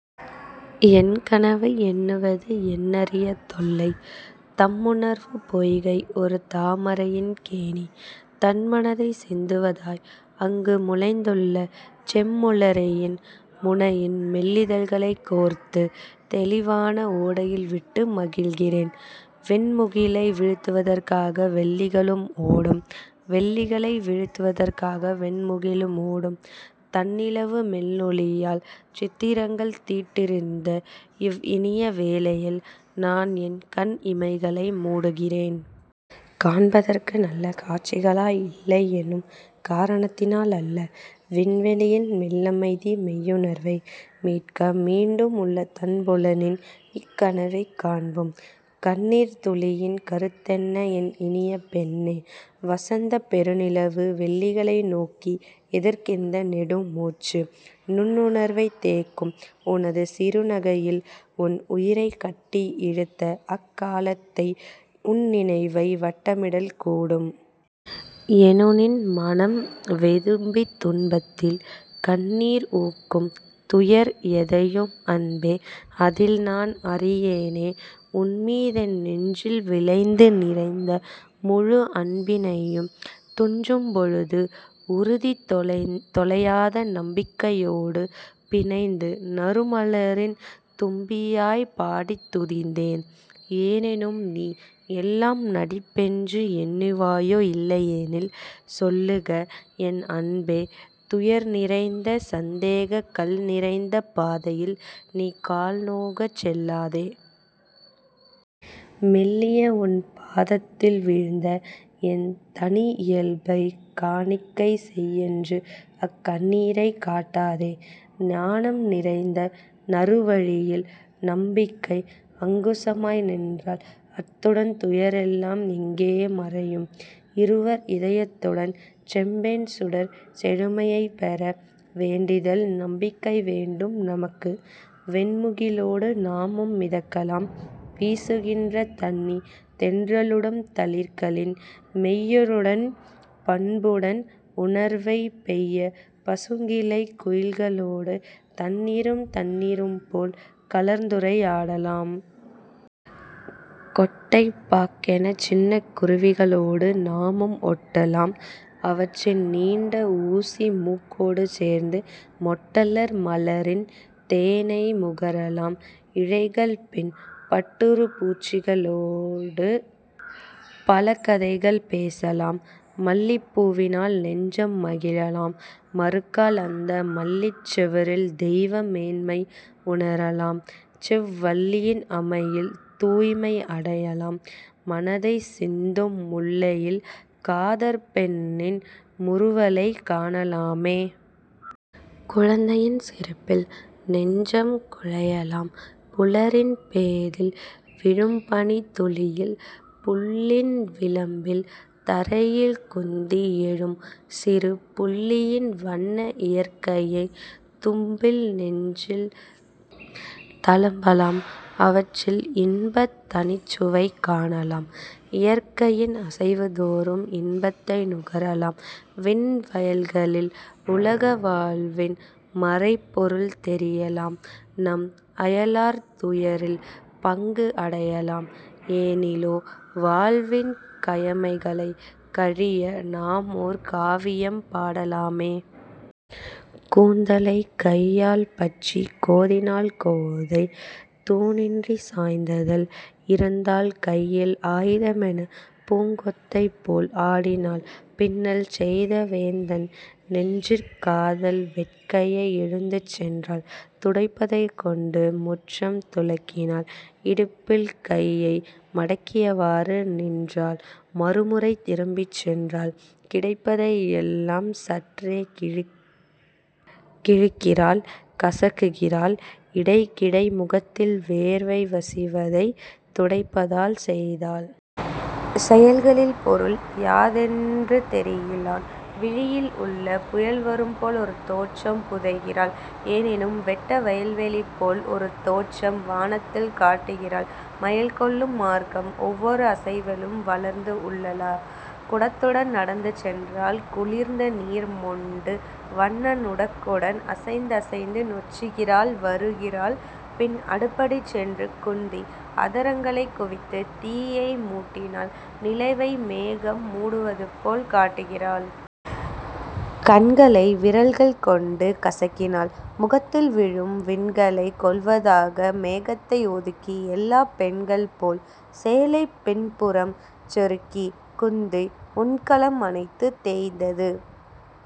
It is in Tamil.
என்கனவை எண்ணுவதும் எண்ணரிய தொல்லை. தம்உணர்வுப் பொய்கை ஒரு தாமரையின் கேணி. தண்மனத்தைச் சிந்துவதற்காய் அங்கு முளைத்துள்ள செம்முளரியின் முகையின் மெல்லிதழ்கள் சேர்த்து தெள்ளியஅவ் வோடையிலே விட்டு மகிழ்கின்றேன். வெண்முகிலை வீழ்த்துதற்காய் வெள்ளிகளும் ஓடும். வெள்ளிகளை வீழ்த்துதற்காய் வெண்முகிலும் ஓடும். தண்ணிலவு மெல்லொளியால் சித்திரங்கள் தீட்டித் தந்திருக்கும் இவ்வினிய வேளையிலே நான்என் கண்இமைகள் மூடுகிறேன். காண்பதற்கு நல்ல காட்சிகளாய் இல்லை எனும் காரணத்தால் அல்ல. விண்வெளியின் மெல்லமைதி மெய்யுணர்வை மீட்க மீண்டும் உளத் தண்புனலில் இன்கனவு காண்பேன். கண்ணீர்த் துளியின் கருத்தென்ன என் இனிய பெண்ணே? வசந்தப் பெருநிலவில் வெள்ளிகளை நோக்கி எதற்கிந்த நெடுமூச்சு? நுண் உணர்வைத் தேக்கும் உனது சிறுநகையில் என் உயிரைக் கட்டி இழுத்த அக் காலத்தை உன்நினைவு வட்டமிடல் கூடும். எனுனிம் மனம் வெதும்பித் துன்பத்தில் கண்ணீர் உகுக்கும் துயர் எதையும் அன்பே அதில் நான் அறியேனே உன்மீதென் நெஞ்சில் விளைந்து நிறைந்த முழு அன்பினையும் துஞ்சும் பொழுது உறுதி தொலையாத நம்பிக்கையோடும் பிணைந்து நறுமலரின் தும்பியாய்ப் பாடித் துதித்தேன். எனினும் நீ எல்லாம் நடிப்பென்றே எண்ணுவையோ இல்லையெனில் சொல்லுக என் அன்பே துயர்நிறைந்த, சந்தேகக் கல்நிறைந்த பாதையில் நீ கால் நோகச் செல்லாதே. மெல்லிய உன் பாதத்தில் வீழ்ந்து என் தனி இயல்பைக் காணிக்கை செய்யென்று அக் கண்ணீரைக் காட்டாதே. நாணம் நிறைந்த நறைவிழியில் நம்பிக்கை அங்குசமாய் நின்றால் அடுத்துன் துயரெல்லாம் எங்கோ மறையும். இருவர் இதயத்தும் செம்பொன் சுடர்ந்து செழுமை பேற வேண்டில் நம்பிக்கை வேண்டும் நமக்கு. வெண்முகிலோடு நாமும் மிதக்கலாம்; வீசுகின்ற தண்ணிய தென்றலூடும் தளிர்களின் மென்மையூடும் பண்ணுடன் உணர்வைப் பெய்யும் பசுங்கிளைக் குயில்களோடும் தண்ணீரும் தண்ணீரும் போல் கலந்துற வாடலாமே. கொட்டைப் பாக்கன்ன சின்னக் குருவிகளோடு நாமும் ஒட்டலாம். அவற்றின் நீண்ட ஊசி மூக்கோடு சேர்ந்து மொட்டலர் மலரில் தேனை முகரலாம் இழைகள் பின்னும் பட்டுநூற்பூச்சியோடும் பலகதை பேசலாமே. மல்லிகைப் பூவில் நெஞ்சம் மகிழலாம் மறுகால் அந்த மெல்லிதட் செறிவில் தெய்வ மேன்மையை உணரலாம் செவ் வல்லியின் அமைவில் தூய்மை அடையலாம் மணத்தைச் சிந்தும் முல்லையில் காதற் பெண்ணின் முறுவலைக் காணலாமே. குழந்தையின் சிரிப்பில் நெஞ்சம் குழையலாம் புலரிப் போதில் விழும்பனித் துளியில் புல்லின் விளிம்பினில் தரையில் குந்தி எழும் சிறு புள்ளின் வண்ண இறக்கையின் துடிப்பில் நெஞ்சம் தளம்பலாம் அவற்றில் இன்பத் தனிச்சுவை காணலாமே. இயற்கையின் அசைவு தோறும் இன்பத்தை நுகரலாம் விண் வயல்களில் உலக வாழ்வின் மறைபொருள் தெளியலாம் நம் அயலவர் துயரில் பங்கும் அடையலாம் எனிலோ வாழ்வின் கயமைகள் கழிய நாமோர் காவியம் பாடலாமே. கூந்தலைக் கையால் பற்றிக் கோதினாள் கோதை; தூணிற் சாய்ந்தனள்; இருந்தாள் கையில் ஆய்ந்தமென் பூங்கொத்தைப் போல் ஆடினாள் பின்னால் செய்தே வேய்ந்தனள் நெஞ்சிற் காதல் வேட்கையை எழுந்து சென்றாள். துடைப்பத்தைக் கொண்டு முற்றம் துலக்கினாள் இடுப்பில் கையை மடக்கியவாறு நின்றாள் மறுபுறம் திரும்பிச் சென்றாள். கிடைத்ததை எல்லாம் சற்றே கிழிக்கிறாள் கசக்குகின்றாள் இடைக்கிடை முகத்தில் வேர்வை கசிவதைத் துடைத்தல் செய்தாள். செயல்களின் பொருள் யாதொன்றும் தெரிகிலாள் விழியின் உள்ளே புயல்வரும் போல் ஓர் தோற்றம் புதைக்கிறாள் எனினும் வெட்டை வயல்வெளி போல் ஓர் தோற்றம் வதனத்தில் காட்டுகின்றாள். மயல்கொளும் மார்க்கம் ஓவ்வோர் அசைவிலும் வரைந்தே உள்ளாள். குடத்துடன் நடந்து சென்றாள் குளிர்ந்த நீர் மொண்டு வண்ண நுடக்குடன் அசைந்தசைந்து நொசிகிறாள் வருகிறாள் பின் அடுப்படி சென்று குந்தி அதரங்கள் குவித்துத் தீயை முடுக்கினாள் நிலவை மேகம் மூடுதல் காட்டுகின்றாள். கண்களை விரல்கள் கொண்டு கசக்கினாள் முகத்தில் வீழும் விண்களை கொள்ளவந்த மேகத்தை ஒதுக்கி எல்லாப் பெண்களைப் போலும் சேலை பின்புறம் செருகிக் குந்தி உண்கலம் அனைத்தும் தேய்த்து